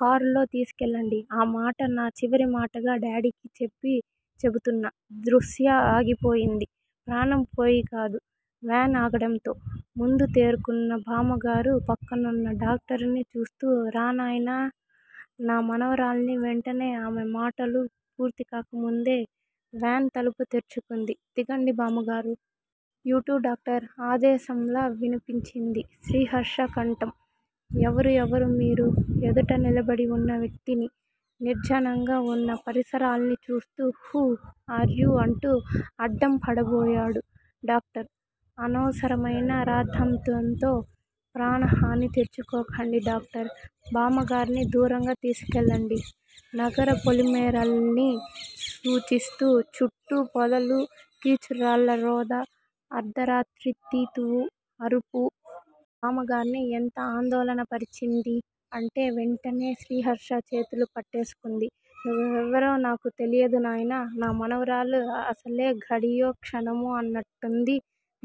కారులో తీసుకెళ్ళండి. ఆ మాట నా చివరిమాటగా డాడీకి చెప్పి చెబుతున్న దృశ్య ఆగిపోయింది. ప్రాణం పోయికాదు వేన్ ఆగడంతో. ముందు తేరుకున్న బామ్మగారు పక్కనున్న డాక్టరుని చూస్తూ రా నాయనా. నా మనవరాల్ని వెంటనే ఆమె మాటలు పూర్తికాకముందే వేన్ తలుపు తెరుచుకుంది. దిగండి బామ్మగారు. యూటూ డాక్టర్. ఆదేశంలా వినిపించింది శ్రీహర్ష కంఠం. ఎవరు ఎవరు మీరు ఎదుట నిలబడివున్న వ్యక్తిని, నిర్జనంగా వున్న పరిసరాల్ని చూస్తూ హూ ఆర్యూ అంటూ అడ్డం పడబోయాడు డాక్టర్. అనవసరమైన రాద్ధాంతంతో ప్రాణహాని తెచ్చుకోకండి డాక్టర్. బామ్మగార్ని దూరంగా తీసుకెళ్ళండి నగర పొలిమేరల్ని సూచిస్తూ చుట్టూ పొదలు, కీచురాళ్ళ రొద, అర్థరాత్రి తీతువు అరుపు. బామ్మగార్ని ఎంత ఆందోళనపరిచిందీ అంటే వెంటనే శ్రీహర్ష చేతులు పట్టేసుకుంది. నువ్వెవరో నాకు తెలీదునాయనా. నా మనవరాలు అసలే ఘడియో, క్షణమో అన్నట్టుంది.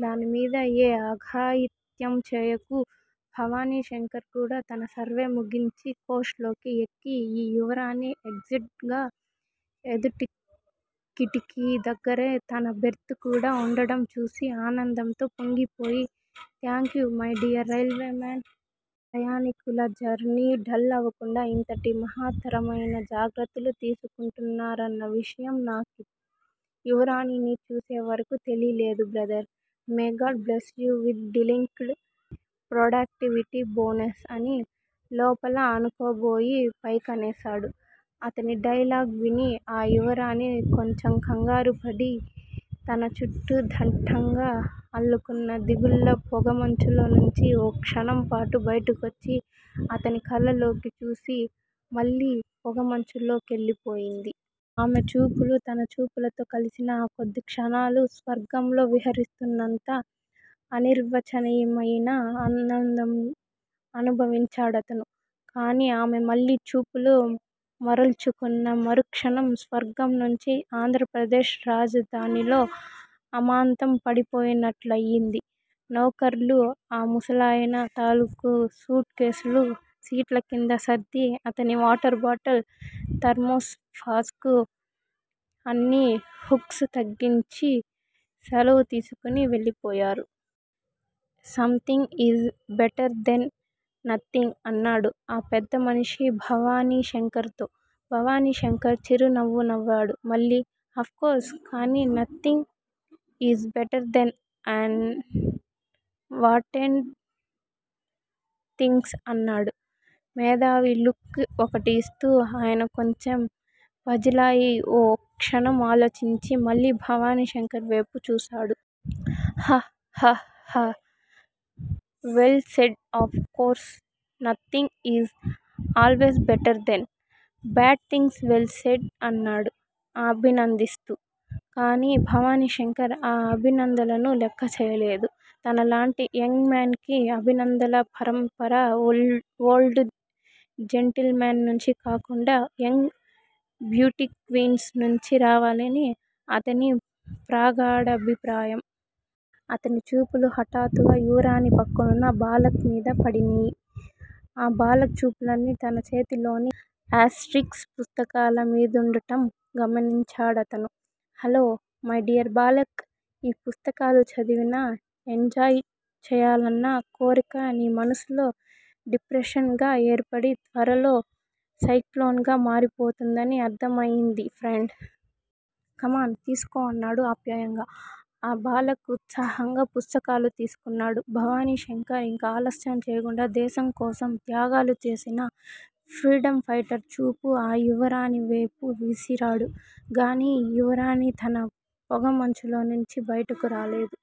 దానిమీద ఏ అఘాయిత్యం చేయకు. భవాని శంకర్ కూడా తనసర్వే ముగించి కోచ్ లోకి ఎక్కి, ఈ యువరాణి ఎగ్జాట్ గా ఎదుటికిటికీ దగ్గరే తనబెర్తు కూడా ఉండడంచూసి ఆనందంతో పొంగిపోయి థాంక్యూ మైడియర్ రైల్వే మాన్. ప్రయాణీకులజర్నీ డల్ అవకుండా ఇంతటి మహత్తరమయిన జాగ్రత్తలు తీసుకుంటున్నారన్న విషయం నాకీ యువరాణిని చూసేవరకు తెలీలేదు brother. May God bless you with delinked productivity bonus అని లోపలఅనుకోబోయి పైకనేశాడు. అతని డైలాగ్ విని ఆ యువరాణి కొంచెంకంగారుపది తన చుట్టూదట్టంగా అల్లుకున్న దిగుళ్ళ పొగమంచులో నుంచి ఓ క్షణంపాటు బయటకొచ్చి అతని కళ్ళలోకి చూసి మళ్ళీ పొగమంచులోకెళ్ళిపోయింది. ఆమె చూపులు తనచూపులతో కలిసిన ఆ కొద్ది క్షణాలు స్వర్గంలో విహరిస్తున్నంత అనిర్వచనీయమయిన ఆనందం అనుభవించాడతను. కాని ఆమె మళ్ళీ చూపులు మరల్చుకున్న మరుక్షణం స్వర్గంనుంచి ఆంద్రప్రదేశ్ రాజధానిలో అమాంతంపడిపోయినట్లయింది. నౌఖర్లు ఆ ముసలాయన తాలూకు సూట్ కేసులు సీట్లకింద సర్ది అతని వాటర్ బాటిల్, థర్మోస్ ఫాస్కూ అన్నీ హుక్స్ తగిలించి శెలవుతీసుకుని వెళ్ళిపోయారు. Something is better than nothing అన్నాడు ఆ పెద్ద మనిషి భవాని శంకర్ తో. భవాని శంకర్ చిరునవ్వునవ్వాడు మళ్ళీ. అఫ్ కోర్స్, కానీ nothing is better than unwanted things అన్నాడు మేథావి లుక్ ఒకటి ఇస్తూ. ఆయన కొంచెం పజిలయి ఓ క్షణం ఆలోచించి మళ్ళీ భవాని శంకర్ వాయిపు చూశాడు. హ్హ హ్హ హ్హ, well said of course nothing is always better than bad things well said అన్నాడు అభినందిస్తూ. కానీ భవానీశంకర్ ఆ అభినందనలను లెక్క చేయలేదు. తనలాంటి యంగ్ మెన్ కి అభినందనల పరంపర ఓల్డు జెంటిల్మెన్ నుంచి కాకుండా యంగ్ బ్యూటీక్వీన్స్ నుంచి రావాలని అతనిప్రగాడాభిప్రాయం. అతని చూపులు హఠాత్తుగా యువరాణి పక్కనున్న బాలక్ మీద పడినియ్. ఆ బాలక్ చూపులన్నీ తన చేతిలోని ఆస్ట్రిక్స్ పుస్తకాల మీదుండటం గమనించాడతను. Hello, my dear Balak. ఈ పుస్తకాలు చదివిన ఎంజాయ్ చేయాలన్న కోరిక నీమనసులో డిప్రెషన్ గ ఏర్పడి, త్వరలో సైక్లోన్ గా మారిపోతోందని అర్ధమయింది ఫ్రెండ్. కమాన్, తీసుకో అన్నాడు ఆప్యాయంగా. ఆ బాలక్ ఉత్సాహంగా పుస్తకాలు తీసుకున్నాడు. భవాని శంకర్ ఇంక ఆలస్యం చేయకుండా దేశంకోసం త్యాగాలు చేసిన ఫ్రీడమ్ ఫైటర్ చూపు ఆ యువరాణి వేపు విసిరాడు గాని యువరాణి తన పొగమంచులో నుంచి బయటకు రాలేదు.